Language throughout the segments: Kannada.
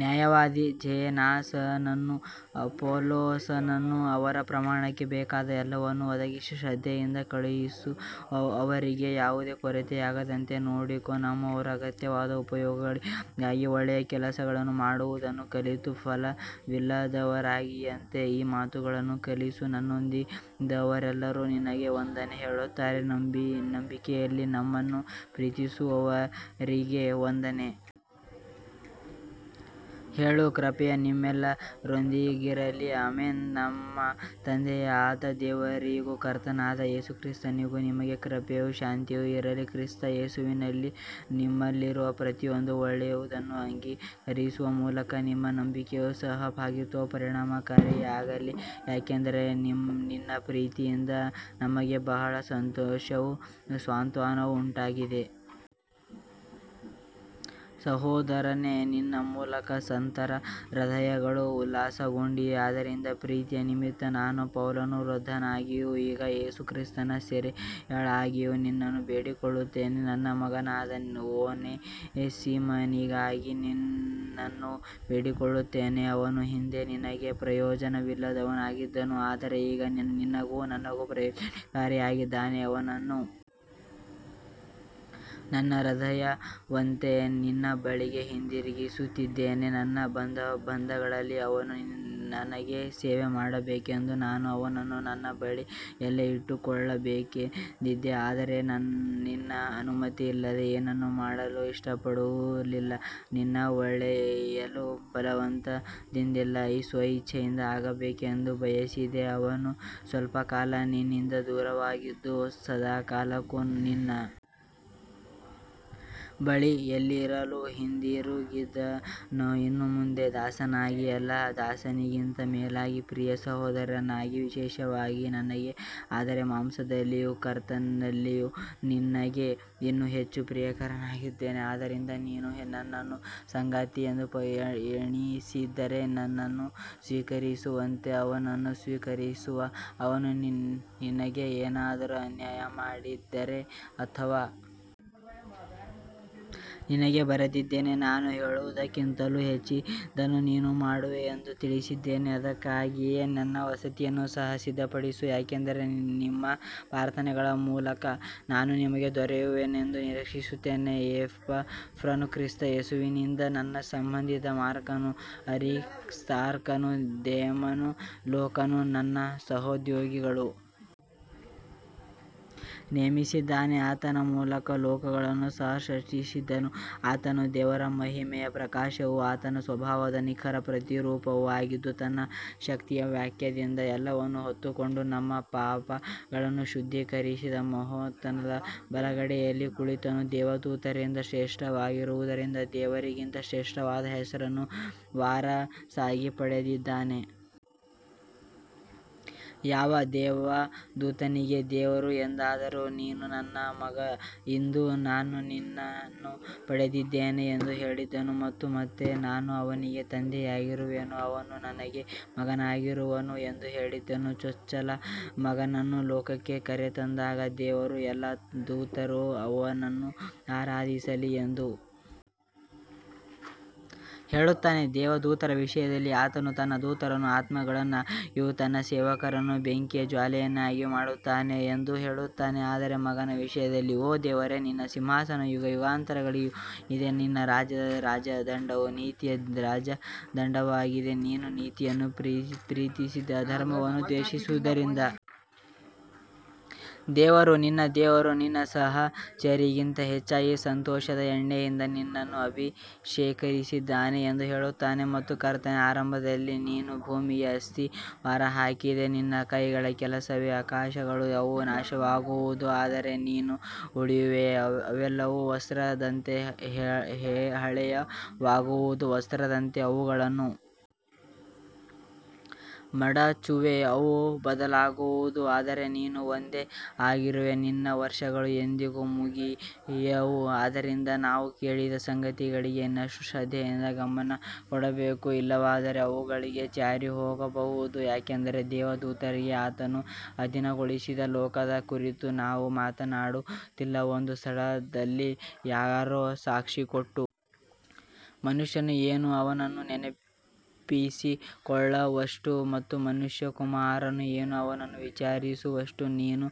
ನ್ಯಾಯವಾದಿ ಝೇನಾಸನನ್ನೂ ಅಪೊಲ್ಲೋಸನನ್ನೂ ಅವರ ಪ್ರಯಾಣಕ್ಕೆ ಬೇಕಾದ ಎಲ್ಲವನ್ನೂ ಒದಗಿಸಿ ಶ್ರದ್ಧೆಯಿಂದ ಕಳುಹಿಸು ಅವರಿಗೆ ಯಾವುದೂ ಕೊರತೆಯಾಗದಂತೆ ನೋಡಿಕೋ ನಮ್ಮವರೂ ಅಗತ್ಯವಾದ ಉಪಯೋಗಗಳಿಗಾಗಿ ಒಳ್ಳೆಯ ಕೆಲಸಗಳನ್ನು ಮಾಡುವುದನ್ನು ಕಲಿತು ಫಲವಿಲ್ಲದವರಾಗಿರದಂತೆ ಈ ಮಾತುಗಳನ್ನು ಕಲಿಸು ನನ್ನೊಂದಿಗಿರುವವರೆಲ್ಲರೂ ನಿನಗೆ ವಂದನೆ ಹೇಳುತ್ತಾರೆ ನಂಬಿಕೆಯಲ್ಲಿ ನಮ್ಮನ್ನು ಪ್ರೀತಿಸುವವರಿಗೆ ವಂದನೆ ಹೇಳು ಕೃಪೆಯು ನಿಮ್ಮೆಲ್ಲರೊಂದಿಗಿರಲಿ ಆಮೆನ್ ನಮ್ಮ ತಂದೆಯಾದ ದೇವರಿಂದಲೂ ಕರ್ತನಾದ ಯೇಸು ಕ್ರಿಸ್ತನಿಂದಲೂ ನಿಮಗೆ ಕೃಪೆಯೂ ಶಾಂತಿಯೂ ಇರಲಿ ಕ್ರಿಸ್ತ ಯೇಸುವಿನಲ್ಲಿ ನಿಮ್ಮಲ್ಲಿರುವ ಪ್ರತಿಯೊಂದು ಒಳ್ಳೆಯದನ್ನು ಅಂಗೀಕರಿಸುವ ಮೂಲಕ ನಿಮ್ಮ ನಂಬಿಕೆಯ ಸಹಭಾಗಿತ್ವವು ಪರಿಣಾಮಕಾರಿಯಾಗಲಿ ಯಾಕಂದರೆ ನಿನ್ನ ಪ್ರೀತಿಯಿಂದ ನಮಗೆ ಬಹಳ ಸಂತೋಷವೂ ಸಾಂತ್ವನವೂ ಉಂಟಾಗಿದೆ ಸಹೋದರನೇ ನಿನ್ನ ಮೂಲಕ ಸಂತರ ಹೃದಯಗಳು ಉಲ್ಲಾಸಗೊಂಡಿವೆ ಆದ್ದರಿಂದ ಪ್ರೀತಿಯ ನಿಮಿತ್ತ ನಾನು ಪೌಲನು ವೃದ್ಧನಾಗಿಯೂ ಈಗ ಯೇಸು ಕ್ರಿಸ್ತನ ಸೆರೆಯಾಳಾಗಿಯೂ ನಿನ್ನನ್ನು ಬೇಡಿಕೊಳ್ಳುತ್ತೇನೆ ನನ್ನ ಮಗನಾದ ಒನೇಸಿಮನಿಗಾಗಿ ನಿನ್ನನ್ನು ಬೇಡಿಕೊಳ್ಳುತ್ತೇನೆ ಅವನು ಹಿಂದೆ ನಿನಗೆ ಪ್ರಯೋಜನವಿಲ್ಲದವನಾಗಿದ್ದನು ಆದರೆ ಈಗ ನಿನಗೂ ನನಗೂ ಪ್ರಯೋಜನಕಾರಿಯಾಗಿದ್ದಾನೆ ಅವನನ್ನು ನನ್ನ ಹೃದಯದಂತೆ ನಿನ್ನ ಬಳಿಗೆ ಹಿಂದಿರುಗಿಸುತ್ತಿದ್ದೇನೆ ನನ್ನ ಬಂಧಗಳಲ್ಲಿ ಅವನು ನನಗೆ ಸೇವೆಮಾಡಬೇಕೆಂದು ನಾನು ಅವನನ್ನು ನನ್ನ ಬಳಿಯಲ್ಲೇ ಇಟ್ಟುಕೊಳ್ಳಬೇಕೆಂದಿದ್ದೆ ಆದರೆ ನಿನ್ನ ಅನುಮತಿಯಿಲ್ಲದೆ ಏನನ್ನೂ ಮಾಡಲು ಇಷ್ಟಪಡಲಿಲ್ಲ ನಿನ್ನ ಒಳ್ಳೆಯದು ಬಲವಂತದಿಂದಲ್ಲ ಸ್ವಇಚ್ಛೆಯಿಂದ ಆಗಬೇಕೆಂದು ಬಯಸಿದೆ ಅವನು ಸ್ವಲ್ಪಕಾಲ ನಿನ್ನಿಂದ ದೂರವಾಗಿದ್ದು ಸದಾಕಾಲಕ್ಕೂ ನಿನ್ನ ಬಳಿಯಲ್ಲಿರಲು ಹಿಂದಿರುಗಿದನು ಇನ್ನು ಮುಂದೆ ದಾಸನಾಗಿ ಅಲ್ಲ ದಾಸನಿಗಿಂತ ಮೇಲಾಗಿ ಪ್ರಿಯ ಸಹೋದರನಾಗಿ ವಿಶೇಷವಾಗಿ ನನಗೆ ಆದರೆ ಮಾಂಸದಲ್ಲಿಯೂ ಕರ್ತನಲ್ಲಿಯೂ ನಿನಗೆ ಇನ್ನೂ ಹೆಚ್ಚು ಪ್ರಿಯನಾಗಿರುತ್ತಾನೆ ಆದ್ದರಿಂದ ನೀನು ನನ್ನನ್ನು ಸಂಗಾತಿಯೆಂದು ಎಣಿಸಿದರೆ ನನ್ನನ್ನು ಸ್ವೀಕರಿಸುವಂತೆ ಅವನನ್ನೂ ಸ್ವೀಕರಿಸು ಅವನು ನಿನಗೆ ಏನಾದರೂ ಅನ್ಯಾಯಮಾಡಿದ್ದರೆ ಅಥವಾ ನಿನಗೆ ಬರೆದಿದ್ದೇನೆ ನಾನು ಹೇಳುವುದಕ್ಕಿಂತಲೂ ಹೆಚ್ಚಿನದನ್ನು ನೀನು ಮಾಡುವೆ ಎಂದು ತಿಳಿದಿದ್ದೇನೆ ಅದಕ್ಕಾಗಿಯೇ ನನ್ನ ವಸತಿಯನ್ನು ಸಹ ಸಿದ್ಧಪಡಿಸು ಯಾಕಂದರೆ ನಿಮ್ಮ ಪ್ರಾರ್ಥನೆಗಳ ಮೂಲಕ ನಾನು ನಿಮಗೆ ದೊರೆಯುವೆನೆಂದು ನಿರೀಕ್ಷಿಸುತ್ತೇನೆ ಎಪಫ್ರನು ಕ್ರಿಸ್ತ ಯೇಸುವಿನಲ್ಲಿ ನನ್ನ ಸಹಬಂಧಿ ಮಾರ್ಕನು ಅರಿಸ್ತಾರ್ಕನು ದೇಮನು ಲೂಕನು ನನ್ನ ಸಹೋದ್ಯೋಗಿಗಳು ನೇಮಿಸಿದ್ದಾನೆ ಆತನ ಮೂಲಕ ಲೋಕಗಳನ್ನು ಸಹ ಸೃಷ್ಟಿಸಿದನು ಆತನು ದೇವರ ಮಹಿಮೆಯ ಪ್ರಕಾಶವೂ ಆತನ ಸ್ವಭಾವದ ನಿಖರ ಪ್ರತಿರೂಪವೂ ಆಗಿದ್ದು ತನ್ನ ಶಕ್ತಿಯ ವಾಕ್ಯದಿಂದ ಎಲ್ಲವನ್ನೂ ಹೊತ್ತುಕೊಂಡು ನಮ್ಮ ಪಾಪಗಳನ್ನು ಶುದ್ಧೀಕರಿಸಿ ಮಹೋನ್ನತನ ಬಲಗಡೆಯಲ್ಲಿ ಕುಳಿತನು ದೇವದೂತರಿಗಿಂತ ಶ್ರೇಷ್ಠನಾಗಿರುವುದರಿಂದ ಅವರಿಗಿಂತ ಶ್ರೇಷ್ಠವಾದ ಹೆಸರನ್ನು ವಾರಸಾಗಿ ಪಡೆದಿದ್ದಾನೆ ಯಾವ ದೇವದೂತನಿಗೆ ದೇವರು ಎಂದಾದರೂ ನೀನು ನನ್ನ ಮಗನು ಇಂದು ನಾನು ನಿನ್ನನ್ನು ಪಡೆದಿದ್ದೇನೆ ಎಂದು ಹೇಳಿದನು ಮತ್ತು ಮತ್ತೆ ನಾನು ಅವನಿಗೆ ತಂದೆಯಾಗಿರುವೆನು ಅವನು ನನಗೆ ಮಗನಾಗಿರುವನು ಎಂದು ಹೇಳಿದನು ಚೊಚ್ಚಲ ಮಗನನ್ನು ಲೋಕಕ್ಕೆ ಕರೆತಂದಾಗ ದೇವರ ಎಲ್ಲಾ ದೂತರೂ ಅವನನ್ನು ಆರಾಧಿಸಲಿ ಎಂದು ಹೇಳುತ್ತಾನೆ ದೇವದೂತರ ವಿಷಯದಲ್ಲಿ ಆತನು ತನ್ನ ದೂತರನ್ನು ಆತ್ಮಗಳನ್ನಾಗಿಯೂ ತನ್ನ ಸೇವಕರನ್ನು ಬೆಂಕಿಯ ಜ್ವಾಲೆಯನ್ನಾಗಿಯೂ ಮಾಡುತ್ತಾನೆ ಎಂದು ಹೇಳುತ್ತಾನೆ ಆದರೆ ಮಗನ ವಿಷಯದಲ್ಲಿ ಓ ದೇವರೇ ನಿನ್ನ ಸಿಂಹಾಸನವು ಯುಗಯುಗಾಂತರಗಳಿಗೂ ಇದೆ ನಿನ್ನ ರಾಜ್ಯದ ರಾಜದಂಡವು ನೀತಿಯ ರಾಜದಂಡವಾಗಿದೆ ನೀನು ನೀತಿಯನ್ನು ಪ್ರೀತಿಸಿ ಅಧರ್ಮವನ್ನು ದ್ವೇಷಿಸಿದ್ದರಿಂದ ದೇವರು ನಿನ್ನ ದೇವರು ನಿನ್ನ ಸಹಚರರಿಗಿಂತ ಹೆಚ್ಚಾಗಿ ಸಂತೋಷದ ಎಣ್ಣೆಯಿಂದ ನಿನ್ನನ್ನು ಅಭಿಷೇಕಿಸಿದ್ದಾನೆ ಎಂದು ಹೇಳುತ್ತಾನೆ ಮತ್ತು ಕರ್ತನೇ ಆರಂಭದಲ್ಲಿ ನೀನು ಭೂಮಿಗೆ ಅಸ್ತಿವಾರ ಹಾಕಿದೆ ನಿನ್ನ ಕೈಗಳ ಕೆಲಸವೇ ಆಕಾಶಗಳು ಅವು ನಾಶವಾಗುವವು ಆದರೆ ನೀನು ಉಳಿಯುವೆ ಅವೆಲ್ಲವೂ ವಸ್ತ್ರದಂತೆ ಹಳೆಯವಾಗುವವು ವಸ್ತ್ರದಂತೆ ಅವುಗಳನ್ನು ಮಡಚುವೆ ಅವು ಬದಲಾಗುವವು ಆದರೆ ನೀನು ಒಂದೇ ಆಗಿರುವೆ ನಿನ್ನ ವರ್ಷಗಳು ಎಂದಿಗೂ ಮುಗಿಯವು ಆದ್ದರಿಂದ ನಾವು ಕೇಳಿದ ಸಂಗತಿಗಳಿಗೆ ಇನ್ನಷ್ಟು ಶ್ರದ್ಧೆಯಿಂದ ಗಮನಕೊಡಬೇಕು ಇಲ್ಲವಾದರೆ ಅವುಗಳಿಂದ ಜಾರಿಹೋಗಬಹುದು ಯಾಕಂದರೆ ದೇವದೂತರಿಗೆ ಆತನು ಅಧೀನಗೊಳಿಸಿದ ಲೋಕದ ಕುರಿತು ನಾವು ಮಾತನಾಡುತ್ತಿಲ್ಲ ಒಂದು ಸ್ಥಳದಲ್ಲಿ ಯಾರೋ ಸಾಕ್ಷಿಕೊಟ್ಟು ಮನುಷ್ಯನು ಏನು ಅವನನ್ನು ನೆನಪಿಸಿಕೊಳ್ಳುವಷ್ಟು ಮತ್ತು ಮನುಷ್ಯಕುಮಾರನು ಏನು ಅವನನ್ನು ವಿಚಾರಿಸುವಷ್ಟು ನೀನು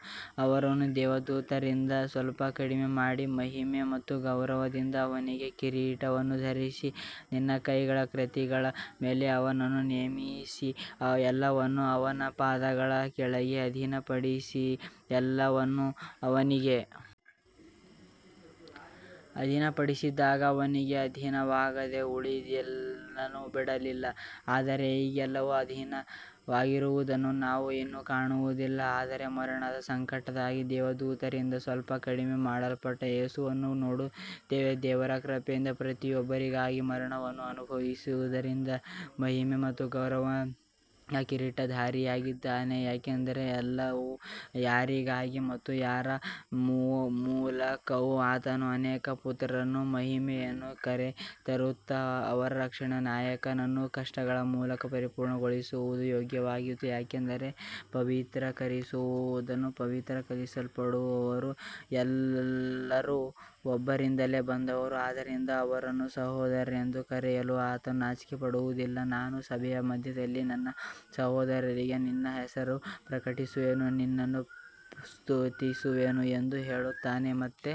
ಅವನನ್ನು ದೇವದೂತರಿಗಿಂತ ಸ್ವಲ್ಪ ಕಡಿಮೆಮಾಡಿ ಮಹಿಮೆ ಮತ್ತು ಗೌರವದಿಂದ ಅವನಿಗೆ ಕಿರೀಟವನ್ನು ಧರಿಸಿ ನಿನ್ನ ಕೈಗಳ ಕೃತಿಗಳ ಮೇಲೆ ಅವನನ್ನು ನೇಮಿಸಿದ್ದೀ ಎಲ್ಲವನ್ನೂ ಅವನ ಪಾದಗಳ ಕೆಳಗೆ ಅಧೀನಪಡಿಸಿದ್ದೀ ಎಲ್ಲವನ್ನೂ ಅವನಿಗೆ ಅಧೀನಪಡಿಸಿದಾಗ ಅವನಿಗೆ ಅಧೀನವಾಗದೆ ಉಳಿದದ್ದೇನೂ ಬಿಡಲಿಲ್ಲ ಆದರೆ ಈಗ ಎಲ್ಲವೂ ಅವನಿಗೆ ಅಧೀನವಾಗಿರುವುದನ್ನು ನಾವು ಇನ್ನೂ ಕಾಣುವುದಿಲ್ಲ ಆದರೆ ಮರಣದ ಸಂಕಟಕ್ಕಾಗಿ ದೇವದೂತರಿಗಿಂತ ಸ್ವಲ್ಪ ಕಡಿಮೆಮಾಡಲ್ಪಟ್ಟ ಯೇಸುವನ್ನು ನೋಡುತ್ತೇವೆ ದೇವರ ಕೃಪೆಯಿಂದ ಪ್ರತಿಯೊಬ್ಬರಿಗಾಗಿ ಮರಣವನ್ನು ಅನುಭವಿಸಿದ್ದರಿಂದ ಮಹಿಮೆ ಮತ್ತು ಗೌರವದಿಂದ ಕಿರೀಟಧಾರಿಯಾಗಿದ್ದಾನೆ ಯಾಕಂದರೆ ಎಲ್ಲವೂ ಯಾರಿಗಾಗಿ ಮತ್ತು ಯಾರ ಮೂಲಕವೋ ಆತನು ಅನೇಕ ಪುತ್ರರನ್ನು ಮಹಿಮೆಗೆ ಕರೆತರುತ್ತಾ ಅವರ ರಕ್ಷಣೆಯ ನಾಯಕನನ್ನು ಕಷ್ಟಗಳ ಮೂಲಕ ಪರಿಪೂರ್ಣಗೊಳಿಸುವುದು ಯೋಗ್ಯವಾಗಿತ್ತು ಯಾಕಂದರೆ ಪವಿತ್ರೀಕರಿಸುವವನೂ ಪವಿತ್ರೀಕರಿಸಲ್ಪಡುವವರೂ ಎಲ್ಲರೂ ಒಬ್ಬರಿಂದಲೇ ಬಂದವರು ಆದ್ದರಿಂದ ಅವರನ್ನು ಸಹೋದರರೆಂದು ಕರೆಯಲು ಆತನು ನಾಚಿಕೆಪಡುವುದಿಲ್ಲ ನಾನು ಸಭೆಯ ಮಧ್ಯದಲ್ಲಿ ನನ್ನ ಸಹೋದರರಿಗೆ ನಿನ್ನ ಹೆಸರನ್ನು ಪ್ರಕಟಿಸುವೆನು ನಿನ್ನನ್ನು ಸ್ತುತಿಸುವೆನು ಎಂದು ಹೇಳುತ್ತಾನೆ ಮತ್ತೆ